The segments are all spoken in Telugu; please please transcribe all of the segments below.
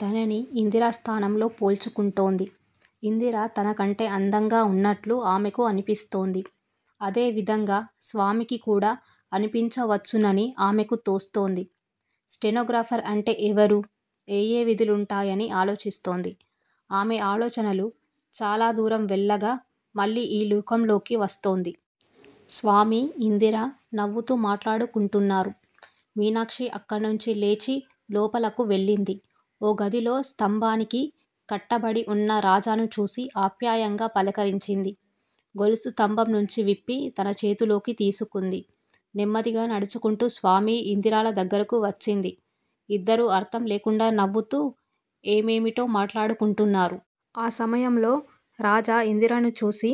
తనని ఇందిర స్థానంలో పోల్చుకుంటోంది. ఇందిర తన కంటె అందంగా ఉన్నట్లు ఆమెకు అనిపిస్తోంది. అదే విధంగా స్వామికి కూడా అనిపించవచ్చునని ఆమెకు తోస్తోంది. 'స్టెనో గ్రాఫర్ అంటే ఎవరు? ఏయే విధులుంటాయ'ని ఆలోచిస్తోంది. ఆమె ఆలోచనలు చాలా దూరం వెళ్ళగా మళ్ళీ ఈ లోకంలోకి వస్తోంది. స్వామి, ఇందిర నవ్వుతూ మాట్లాడుకుంటున్నారు. మీనాక్షి అక్కణ్ణించి లేచి లోపలకు వెళ్ళింది. ఓ గదిలో స్థంభానికి కట్టబడి ఉన్న రాజాను చూసి ఆప్యాయంగా పలకరించింది. గొలుసు స్థంభం నుంచి విప్పి-తన చేతిలోకి తీసుకుంది. నెమ్మదిగా నడుచుకుంటూ స్వామి, ఇందిరల దగ్గరకు వచ్చింది. ఇద్దరూ అర్ధం లేకుండా నవ్వుతూ, ఏమేమిటో మాట్లాడుకుంటున్నారు. ఆ సమయంలో రాజా ఇందిరను చూసి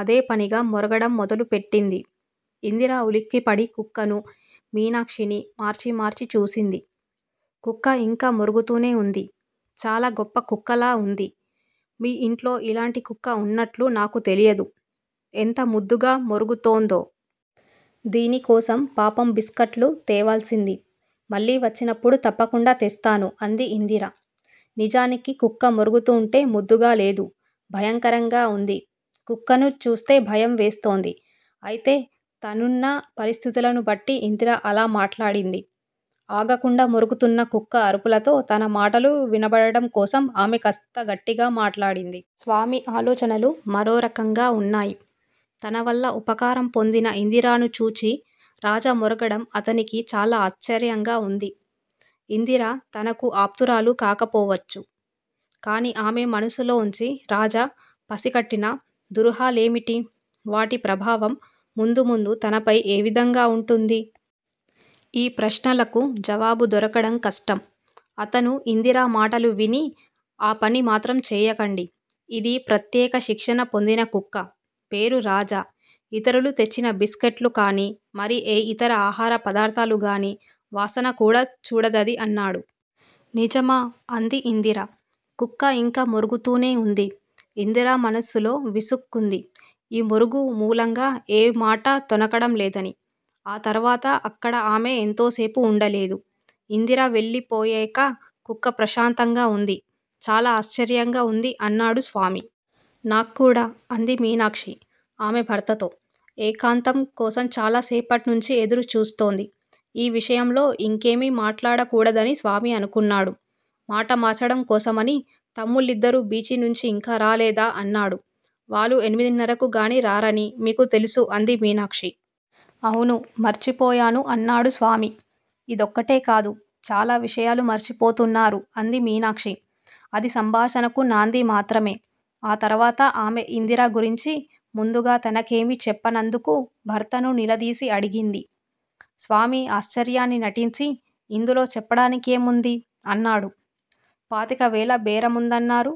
అదే పనిగా మొరగడం మొదలు పెట్టింది. ఇందిర ఉలిక్కిపడి కుక్కనూ, మీనాక్షినీ మార్చి మార్చి చూసింది. కుక్క ఇంకా మొరుగుతూనే ఉంది- చాలా గొప్ప కుక్కలా ఉంది. మీ ఇంట్లో ఇలాంటి కుక్క ఉన్నట్లు నాకు తెలియదు. ఎంత ముద్దుగా మొరుగుతోందో! దీని కోసం పాపం బిస్కట్లు తేవాల్సింది. మళ్ళీ వచ్చినప్పుడు తప్పకుండా తెస్తాను అంది ఇందిర. నిజానికి కుక్క మొరుగుతూంటే ముద్దుగా లేదు, భయంకరంగా ఉంది. కుక్కను చూస్తే భయం వేస్తోంది. అయితే తనున్న పరిస్థితులను బట్టి ఇందిర అలా మాట్లాడింది. ఆగకుండా మొరుగుతున్న కుక్క అరుపులలో తన మాటలు వినబడడం కోసం ఆమె కాస్త గట్టిగా మాట్లాడింది. స్వామి ఆలోచనలు మరో రకంగా ఉన్నాయి. తన వల్ల ఉపకారం పొందిన ఇందిరను చూచి రాజా మొరగడం అతనికి చాలా ఆశ్చర్యంగా ఉంది. ఇందిర తనకు ఆప్తురాలు కాకపోవచ్చు. కాని ఆమె మనసులోంచి రాజా పసికట్టిన దురూహలేమిటి? వాటి ప్రభావం ముందు ముందు తనపై ఏ విధంగా ఉంటుంది? ఈ ప్రశ్నలకు జవాబు దొరకడం కష్టం. అతను ఇందిర మాటలు విని- ఆ పని మాత్రం చేయకండి. ఇది ప్రత్యేక శిక్షణ పొందిన కుక్క. పేరు రాజా. ఇతరులు తెచ్చిన బిస్కట్లూ కాని, మరి ఏ ఇతర ఆహార పదార్ధాలుగాని వాసన కూడా చూడదిది అన్నాడు. నిజమా? అంది ఇందిర. కుక్క ఇంకా మొరుగుతూనే ఉంది. ఇందిర మనస్సులో విసుక్కుంది. ఈ మొరుగు మూలంగా ఏ మాటా తొణకడం లేదని. ఆ తర్వాత అక్కడ ఆమె ఎంతో సేపు ఉండలేదు. ఇందిర వెళ్ళిపోయేక కుక్క ప్రశాంతంగా ఉంది. చాలా ఆశ్చర్యంగా ఉంది! అన్నాడు స్వామి. నాక్కూడా! అంది మీనాక్షి. ఆమె భర్తతో ఏకాంతం కోసం చాలా సేపట్నించి ఎదురు చూస్తోంది. ఈ విషయంలో ఇంకేమీ మాట్లాడకూడదని స్వామి అనుకున్నాడు. మాట మార్చడం కోసమని- తమ్ముళ్ళిద్దరూ బీచి నుంచి ఇంకా రాలేదా? అన్నాడు. వాళ్ళు ఎనిమిదిన్నరకు గానీ రారని మీకు తెలుసు అంది మీనాక్షి. అవును. మర్చిపోయాను అన్నాడు స్వామి. ఇదొక్కటే కాదు- చాలా విషయాలు మరిచిపోతున్నారు అంది మీనాక్షి. అది సంభాషణకు నాంది మాత్రమే. ఆ తర్వాత ఆమె ఇందిర గురించి ముందుగా తనకేమీ చెప్పనందుకు భర్తను నిలదీసి అడిగింది. స్వామి ఆశ్చర్యాన్ని నటించి- ఇందులో చెప్పడానికేముంది? అన్నాడు. పాతికవేల బేరముందన్నారు.